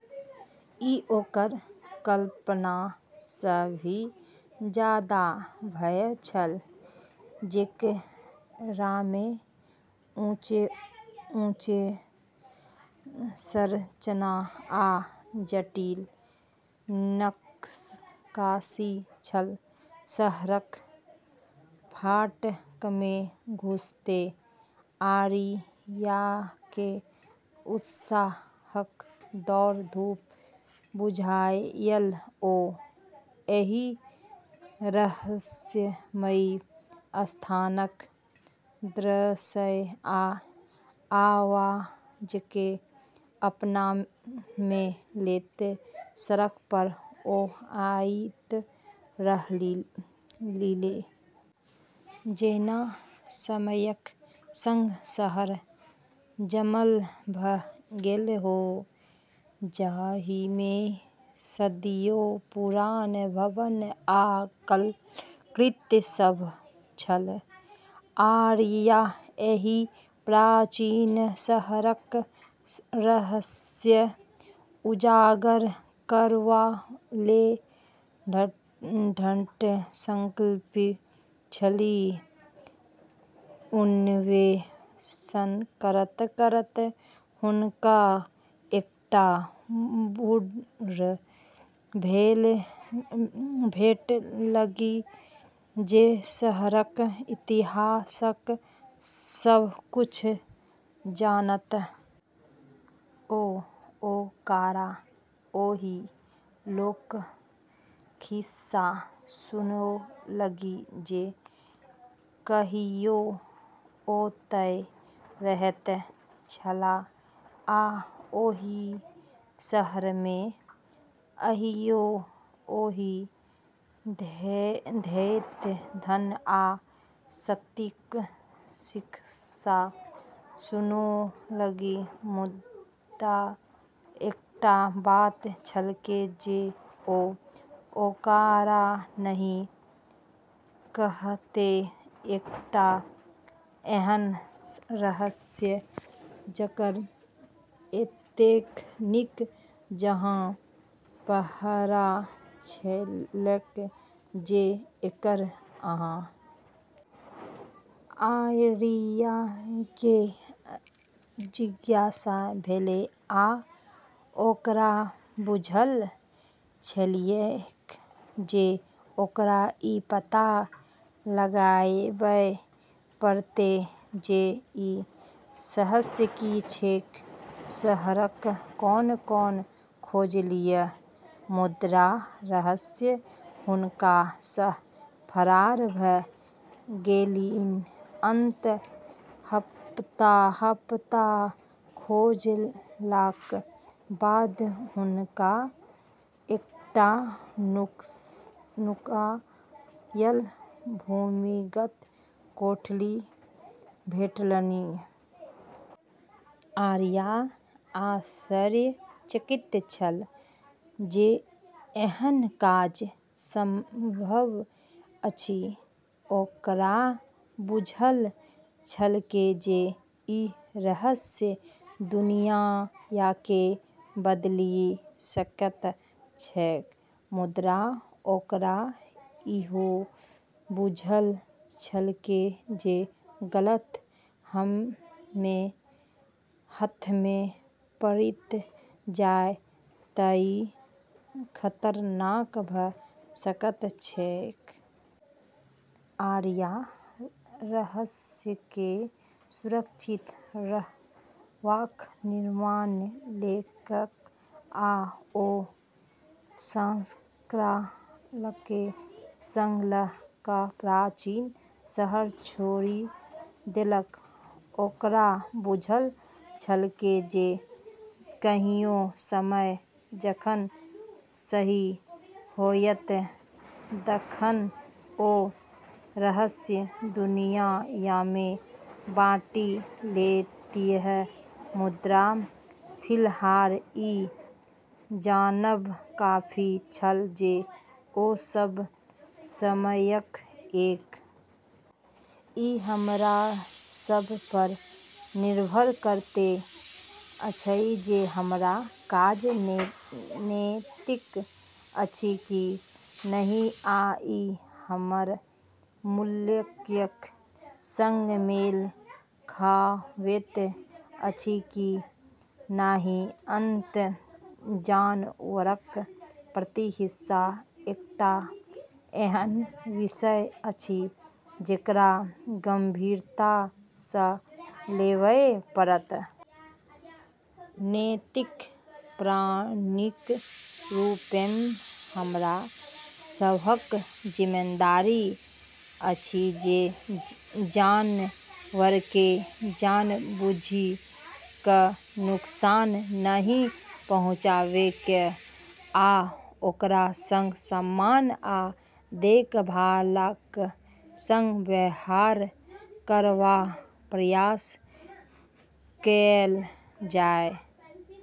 ई ओकर कल्पना सँ भी जादा भव्य छल, जेकरामे ऊँच-ऊँच संरचना आ जटिल नक्काशी छल। शहरक फाटकमे घुसैत आरियाकेँ उत्साहक दौड़-धूप बुझायल। ओ एहि रहस्यमयी स्थानक दृश्य आ आवाजकेँ अपनामे लैत सड़क पर बौआइत रहलीह। जेना समयक संग शहर जमल भ’ गेल हो, जाहिमे सदियो पुरान भवन आ कलाकृति सभ छल। आरिया एहि प्राचीन शहरक रहस्य उजागर करबा लेल दृढ़ संकल्पित छलीह। अन्वेषण करैत-करैत हुनका एकटा बूढ़ भेटलनि जे शहरक इतिहासक सभ किछु जनैत बुझाइत छलाह। ओ ओकरा ओहि लोकक खिस्सा सुनौलनि जे कहियो ओतय रहैत छलाह आ ओहि शहरमे कहियो ओहि पैघ धन आ शक्तिक खिस्सा सुनौलनि। मुदा एकटा बात छलैक जे ओ ओकरा नहि कहतैक, एकटा एहन रहस्य जकर एतेक नीक जकाँ पहरा छलैक जे एकर अस्तित्वक जानकारी किछुए चुनिंदा लोककेँ छलैक। आरियाकेँ जिज्ञासा भेलै आ ओकरा बुझल छलैक जे ओकरा ई पता लगाबय पड़तैक जे ई रहस्य की छैक। शहरक कोन-कोन खोजलीह, मुदा रहस्य हुनका सँ फरार भ’ गेलनि। अंततः हफ्ता-हफ्ता खोजलाक बाद हुनका एकटा नुकायल भूमिगत कोठली भेटलनि। आरिया आश्चर्यचकित छल जे एहन काज संभव अछि। ओकरा बुझल छलैक जे ई रहस्य दुनियाकेँ बदलि सकैत छैक, मुदा ओकरा ईहो बुझल छलैक जे गलत हाथमे पड़ि जाय तँ ई खतरनाक भ’ सकैत छैक। आरिया रहस्यकेँ सुरक्षित रखबाक निर्णय लेलक आ ओ स्क्रॉलकेँ संग ल’ क’ प्राचीन शहर छोड़ि देलक। ओकरा बुझल छलैक जे कहियो समय जखन सही होयत तखन ओ रहस्य दुनियामे बाँटि लेतीह। मुदा फिलहाल ई जानब काफी छल जे ओ सभ समयक एकटा पैघ रहस्यकेँ उजागर क’ लेने छलीह। ई हमरा सभ पर निर्भर करैत अछि जे हमर काज नैतिक अछि कि नहि आ ई हमर मूल्यक संग मेल खाबैत अछि कि नहि। अंततः जानवरक प्रति हिंसा एकटा एहन विषय अछि जेकरा गंभीरता सँ लेबय पड़त। नैतिक प्राणीक रूपमे हमरा सभक जिम्मेदारी अछि जे जानवरकेँ जानबूझि क’ नुकसान नहि पहुँचाबै केँ, आ ओकरा संग सम्मान आ देखभालक संग व्यवहार करबाक प्रयास कएल जाय।